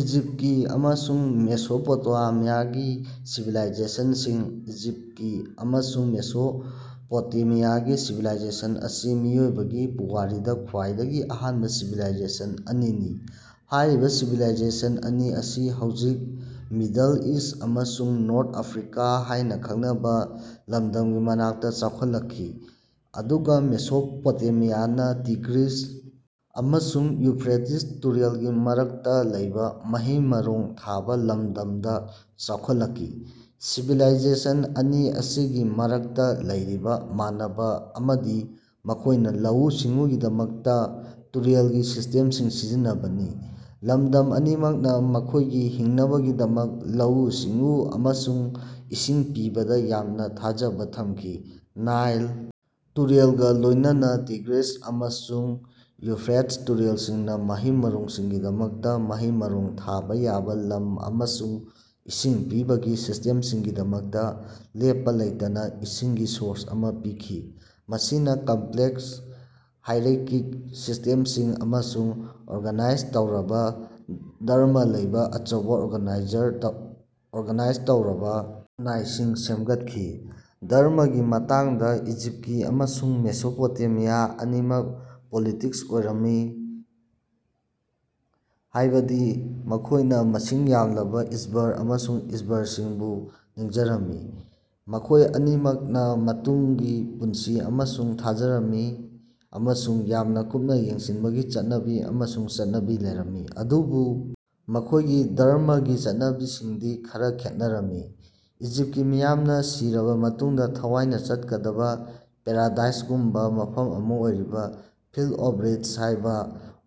ꯏꯖꯤꯞꯇꯀꯤ ꯑꯃꯁꯨꯡ ꯃꯦꯁꯣꯄꯣꯇꯦꯃꯤꯌꯥꯒꯤ ꯁꯤꯚꯤꯂꯥꯏꯖꯦꯁꯟꯁꯤꯡ꯫ ꯏꯖꯤꯞꯇꯀꯤ ꯑꯃꯁꯨꯡ ꯃꯦꯁꯣꯄꯣꯇꯦꯃꯤꯌꯥꯒꯤ ꯁꯤꯚꯤꯂꯥꯏꯖꯦꯁꯟ ꯑꯁꯤ ꯃꯤꯑꯣꯏꯕꯒꯤ ꯄꯨꯋꯥꯔꯤꯗꯥ ꯈ꯭ꯋꯥꯏꯗꯒꯤ ꯑꯍꯥꯟꯕ ꯁꯤꯚꯤꯂꯥꯏꯖꯦꯁꯟ ꯑꯅꯤꯅꯤ꯫ ꯍꯥꯏꯔꯤꯕ ꯁꯤꯚꯤꯂꯥꯏꯖꯦꯁꯟ ꯑꯅꯤ ꯑꯁꯤ ꯍꯧꯖꯤꯛ ꯃꯤꯗꯜ ꯏꯁ꯭ꯠ ꯑꯃꯁꯨꯡ ꯅꯣꯔꯊ ꯑꯥꯐ꯭ꯔꯤꯀꯥ ꯍꯥꯏꯅꯥ ꯈꯪꯅꯕ ꯂꯗꯝꯒꯤ ꯃꯅꯥꯛꯇ ꯆꯥꯎꯈꯠꯂꯛꯈꯤ, ꯑꯗꯨꯒ ꯃꯦꯁꯣꯄꯣꯇꯦꯃꯤꯌꯥꯅ ꯇꯤꯒ꯭ꯔꯤꯁ ꯑꯃꯁꯨꯡ ꯏꯎꯐ꯭ꯔꯦꯇꯤꯁ ꯇꯨꯔꯦꯜꯒꯤ ꯃꯔꯛꯇꯥ ꯂꯩꯕ ꯃꯍꯩ-ꯃꯔꯣꯡ ꯊꯥꯕ ꯂꯝꯗꯝꯗ ꯆꯥꯎꯈꯠꯂꯛꯈꯤ꯫ ꯁꯤꯚꯤꯂꯥꯏꯖꯦꯁꯟ ꯑꯅꯤ ꯑꯁꯤꯒꯤ ꯃꯔꯛꯇ ꯂꯩꯔꯤꯕ ꯃꯥꯟꯅꯕꯥ ꯑꯃꯗꯤ ꯃꯈꯣꯏꯅꯥ ꯂꯧꯎ-ꯁꯤꯡꯎꯒꯤꯗꯃꯛꯇ ꯇꯨꯔꯦꯜꯒꯤ ꯁꯤꯁꯇꯦꯝꯁꯤꯡ ꯁꯤꯖꯤꯟꯅꯕꯅꯤ꯫ ꯂꯝꯗꯝ ꯑꯅꯤꯃꯛꯅ ꯃꯈꯣꯏꯒꯤ ꯍꯤꯡꯅꯕꯒꯤꯗꯃꯛ ꯂꯧꯎ-ꯁꯤꯡꯎ ꯑꯃꯁꯨꯡ ꯏꯁꯤꯡ ꯄꯤꯕꯗꯥ ꯌꯥꯝꯅ ꯊꯥꯖꯕ ꯊꯝꯈꯤ꯫ ꯅꯥꯏꯜ ꯇꯨꯔꯦꯜꯒ ꯂꯣꯏꯅꯅꯥ ꯇꯤꯒ꯭ꯔꯤꯁ ꯑꯃꯁꯨꯡ ꯏꯎꯐ꯭ꯔꯦꯇꯁ ꯇꯨꯔꯦꯜꯁꯤꯡꯅ ꯃꯍꯩ-ꯃꯔꯣꯡꯁꯤꯡꯒꯤꯗꯃꯛꯇꯥ ꯃꯍꯩ-ꯃꯔꯣꯡ ꯊꯥꯕ ꯌꯥꯕ ꯂꯝ ꯑꯃꯁꯨꯡ ꯏꯁꯤꯡ ꯄꯤꯕꯒꯤ ꯁꯤꯁꯇꯦꯝꯁꯤꯡꯒꯤꯗꯃꯛꯇ ꯂꯦꯞꯄꯥ ꯂꯩꯇꯅꯥ ꯏꯁꯤꯡꯒꯤ ꯁꯣꯔꯁ ꯑꯃ ꯄꯤꯈꯤ꯫ ꯃꯁꯤꯅ ꯀꯝꯄꯂꯦꯛꯁ ꯍꯥꯏꯔꯩꯀꯤꯛ ꯁꯤꯁꯇꯦꯝꯁꯤꯡ ꯑꯃꯁꯨꯡ ꯑꯣꯔꯒꯅꯥꯏꯖ ꯇꯧꯔꯕꯥ ꯙꯔꯝꯃ ꯂꯩꯕ ꯑꯆꯧꯕ, ꯑꯣꯔꯒꯅꯥꯢꯖꯔ ꯑꯣꯔꯒꯅꯥꯏꯖ ꯇꯧꯔꯕꯥ ꯈꯨꯟꯅꯥꯏꯁꯤꯡ ꯁꯦꯝꯒꯠꯈꯤ꯫ ꯙꯔꯝꯃꯒꯤ ꯃꯇꯥꯡꯗ ꯏꯖꯤꯞꯇꯀꯤ ꯑꯃꯁꯨꯡ ꯃꯦꯁꯣꯄꯣꯇꯦꯃꯤꯌꯥ ꯑꯅꯤꯃꯛ ꯄꯣꯂꯤꯇꯤꯁ꯭ꯇꯤꯛ ꯑꯣꯏꯔꯝꯃꯤ, ꯍꯥꯏꯕꯗꯤ ꯃꯈꯣꯏꯅ ꯃꯁꯤꯡ ꯌꯥꯝꯂꯕꯥ ꯏꯁ꯭ꯕꯔ ꯑꯃꯁꯨꯡ ꯏꯁ꯭ꯕꯔꯁꯤꯡꯕꯨ ꯅꯤꯡꯖꯔꯝꯃꯤ꯫ ꯃꯈꯣꯏ ꯑꯅꯤꯃꯛꯅꯥ ꯃꯇꯨꯡꯒꯤ ꯄꯨꯟꯁꯤ ꯑꯃꯁꯨ ꯊꯥꯖꯔꯝꯃꯤ ꯑꯃꯁꯨꯡ ꯌꯥꯝꯅ ꯀꯨꯞꯅꯥ ꯌꯦꯡꯁꯤꯟꯕꯒꯤ ꯆꯠꯅꯕꯤ ꯑꯃꯁꯨꯡ ꯆꯠꯅꯕꯤ ꯂꯩꯔꯝꯃꯤ꯫ ꯑꯗꯨꯕꯨ ꯃꯈꯣꯏꯒꯤ ꯙꯔꯝꯃꯒꯤ ꯆꯠꯅꯕꯤꯁꯤꯡꯗꯤ ꯈꯔꯥ ꯈꯦꯠꯅꯔꯝꯃꯤ꯫ ꯏꯖꯤꯞꯇꯀꯤ ꯃꯤꯌꯥꯝꯅꯥ ꯁꯤꯔꯕꯥ ꯃꯇꯨꯡꯗꯥ ꯊꯋꯥꯏꯅ ꯆꯠꯀꯗꯕꯥ ꯄꯦꯔꯥꯗꯥꯏꯁꯒꯨꯝꯕꯥ ꯃꯐꯝ ꯑꯃ ꯑꯣꯏꯔꯤꯕ "ꯐꯤꯜꯗ ꯑꯣꯐ ꯔꯤꯗꯁ" ꯍꯥꯏꯕ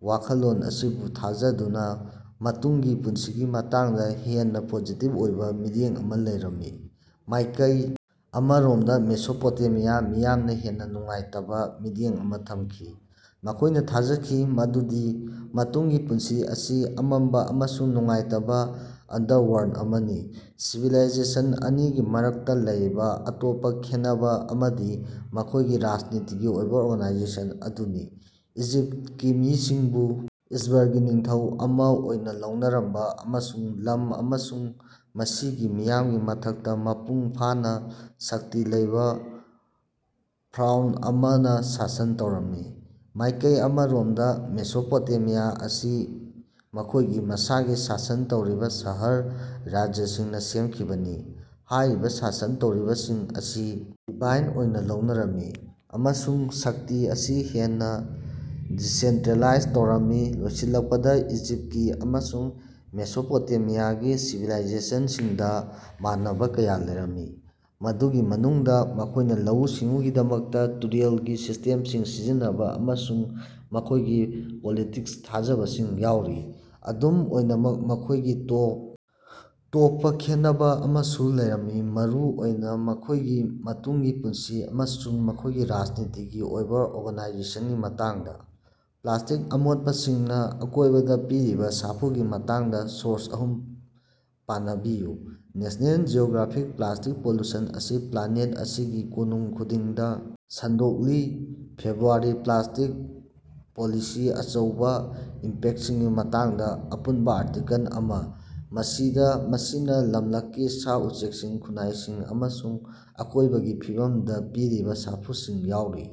ꯋꯥ ꯈꯜꯂꯣꯟ ꯑꯁꯤꯕꯨ ꯊꯥꯖꯗꯨꯅꯥ ꯃꯇꯨꯡꯒꯤ ꯄꯨꯟꯁꯤꯒꯤ ꯃꯇꯥꯡꯗ ꯍꯦꯟꯅꯥ ꯄꯣꯖꯤꯇꯤꯕ ꯑꯣꯏꯕ ꯃꯤꯠꯌꯦꯡ ꯑꯃ ꯂꯩꯔꯝꯃꯤ꯫ ꯃꯥꯏꯀꯩ ꯑꯃꯔꯣꯝꯗ ꯃꯦꯁꯣꯄꯣꯇꯦꯃꯤꯌꯥꯒꯤ ꯃꯤꯌꯥꯝꯅ ꯍꯦꯟꯅꯥ ꯅꯨꯡꯉꯥꯏꯇꯕꯥ ꯃꯤꯠꯌꯦꯡ ꯑꯃ ꯊꯝꯈꯤ, ꯃꯈꯣꯏꯅ ꯊꯥꯖꯈꯤ ꯃꯗꯨꯗꯤ ꯃꯇꯨꯡꯒꯤ ꯄꯨꯟꯁꯤ ꯑꯁꯤ ꯑꯃꯝꯕꯥ ꯑꯃꯁꯨꯡ ꯅꯨꯡꯉꯥꯏꯇꯕꯥ ꯑꯟꯗꯔꯋꯔꯜꯗ ꯑꯃꯅꯤ꯫ ꯁꯤꯚꯤꯂꯥꯏꯖꯦꯁꯟ ꯑꯅꯤꯒꯤ ꯃꯔꯛꯇꯥ ꯂꯩꯔꯤꯕꯥ ꯑꯇꯣꯞꯄꯥ ꯈꯦꯟꯅꯕꯥ ꯑꯃꯗꯤ ꯃꯈꯣꯏꯒꯤ ꯔꯥꯖꯅꯤꯇꯤꯒꯤ ꯑꯣꯏꯕ ꯑꯣꯔꯒꯅꯥꯏꯖꯦꯁꯟ ꯑꯗꯨꯅꯤ꯫ ꯏꯖꯤꯞꯇꯀꯤ ꯃꯤꯁꯤꯡꯕꯨ ꯏꯁ꯭ꯕꯔꯒꯤ ꯅꯤꯡꯊꯧ ꯑꯃ ꯑꯣꯏꯅ ꯂꯧꯅꯔꯝꯕ ꯑꯃꯁꯨꯡ ꯂꯝ ꯑꯃꯁꯨꯡ ꯃꯁꯤꯒꯤ ꯃꯤꯌꯥꯝꯒꯤ ꯃꯊꯛꯇ ꯃꯄꯨꯡ ꯐꯥꯅ ꯁꯛꯇꯤ ꯂꯩꯕ ꯐꯔꯧꯟ ꯑꯃꯅ ꯁꯥꯁꯟ ꯇꯧꯔꯝꯃꯤ꯫ ꯃꯥꯏꯀꯩ ꯑꯃꯔꯣꯝꯗꯥ ꯃꯦꯁꯣꯄꯣꯇꯦꯃꯤꯌꯥ ꯑꯁꯤ ꯃꯈꯣꯏꯒꯤ ꯃꯁꯥꯒꯤ ꯁꯥꯁꯟ ꯇꯧꯔꯤꯕ ꯁꯍꯔ-ꯔꯥꯖ꯭ꯌꯁꯤꯡꯅ ꯁꯦꯝꯈꯤꯕꯅꯤ꯫ ꯍꯥꯏꯔꯤꯕꯥ ꯁꯥꯁꯟ ꯇꯧꯔꯤꯕꯁꯤꯡ ꯑꯁꯤ ꯗꯤꯚꯥꯏꯟ ꯑꯣꯏꯅ ꯂꯧꯅꯔꯝꯃꯤ ꯑꯃꯁꯨꯡ ꯁꯛꯇꯤ ꯑꯁꯤ ꯍꯦꯟꯅ ꯗꯤꯁꯦꯟꯇꯔꯦꯂꯥꯏꯖ ꯇꯧꯔꯝꯃꯤ꯫ ꯂꯣꯏꯁꯤꯜꯂꯛꯄꯗꯥ, ꯏꯖꯤꯞꯇꯀꯤ ꯑꯃꯁꯨꯡ ꯃꯦꯁꯣꯄꯣꯇꯦꯃꯤꯌꯥꯒꯤ ꯁꯤꯚꯤꯂꯥꯏꯖꯦꯁꯟꯁꯤꯡꯗꯥ ꯃꯥꯟꯅꯕ ꯀꯌꯥ ꯂꯩꯔꯝꯃꯤ, ꯃꯗꯨꯒꯤ ꯃꯅꯨꯡꯗꯥ ꯃꯈꯣꯏꯅ ꯂꯧꯎ-ꯁꯤꯡꯎꯒꯤꯗꯃꯛꯇꯥ ꯇꯨꯔꯦꯜꯒꯤ ꯁꯤꯁ꯭ꯇꯦꯝꯁꯤꯡ ꯁꯤꯖꯤꯟꯅꯕꯥ ꯑꯃꯁꯨꯡ ꯃꯈꯣꯏꯒꯤ ꯄꯣꯂꯤꯇꯤꯛ꯭ꯁ ꯊꯥꯖꯕꯁꯤꯡ ꯌꯥꯎꯔꯤ꯫ ꯑꯗꯨꯝ ꯑꯣꯏꯅꯃꯛ ꯃꯈꯣꯏꯒꯤ ꯇꯣꯞ ꯇꯣꯞꯄꯥ ꯈꯦꯟꯅꯕꯥ ꯑꯃꯁꯨ ꯂꯩꯔꯝꯃꯤ, ꯃꯔꯨ ꯑꯣꯏꯅ ꯃꯈꯣꯏꯒꯤ ꯃꯇꯨꯡꯒꯤ ꯄꯨꯟꯁꯤ ꯑꯃꯁꯨꯡ ꯃꯈꯣꯏꯒꯤ ꯔꯥꯖꯅꯤꯇꯤꯒꯤ ꯑꯣꯏꯕ ꯑꯣꯔꯒꯥꯅꯥꯏꯖꯦꯁꯟꯒꯤ ꯃꯇꯥꯡꯗ꯫ ꯄ꯭ꯂꯥꯁꯇꯤꯛ ꯑꯃꯣꯠꯄꯁꯤꯡꯅꯥ ꯑꯀꯣꯌꯔꯣꯅꯗꯥ ꯄꯤꯔꯤꯕꯥ ꯁꯥꯐꯨꯒꯤ ꯃꯇꯥꯡꯗꯥ ꯁꯣꯔꯁ ꯑꯍꯨꯝ ꯄꯅꯕꯤꯌꯨ꯫ ꯅꯦꯁꯅꯦꯜ ꯖꯤꯑꯣꯒ꯭ꯔꯥꯐꯤꯛ ꯄ꯭ꯂꯥꯁꯇꯤꯛ ꯄꯣꯂꯨꯁꯟ ꯑꯁꯤ ꯄ꯭ꯂꯥꯅꯦꯠ ꯑꯁꯤꯒꯤ ꯀꯣꯅꯨꯡ ꯈꯨꯗꯤꯡꯗꯥ ꯁꯟꯗꯣꯛꯂꯤ ꯐꯦꯕ꯭ꯔꯨꯋꯥꯔꯤ ꯄ꯭ꯂꯥꯁ꯭ꯇꯤꯛ ꯄꯣꯂꯨꯁꯉꯤ ꯑꯆꯧꯕꯥ ꯏꯝꯄꯦꯛꯇꯁꯤꯡꯒꯤ ꯃꯇꯥꯡꯗꯥ ꯑꯄꯨꯅꯕꯥ ꯑꯥꯔꯇꯤꯀꯜ ꯑꯃꯥ, ꯃꯁꯤꯗꯥ ꯃꯁꯤꯅꯥ ꯂꯃꯂꯛꯀꯤ ꯁꯥ-ꯎꯆꯦꯀꯁꯤꯡ, ꯈꯨꯟꯅꯥꯏꯁꯤꯡ ꯑꯃꯁꯨꯡ ꯑꯀꯣꯌꯕꯒꯤ ꯐꯤꯕꯃꯗꯥ ꯄꯤꯔꯤꯕꯥ ꯁꯥꯐꯨꯁꯤꯡ ꯌꯥꯎꯔꯤ꯫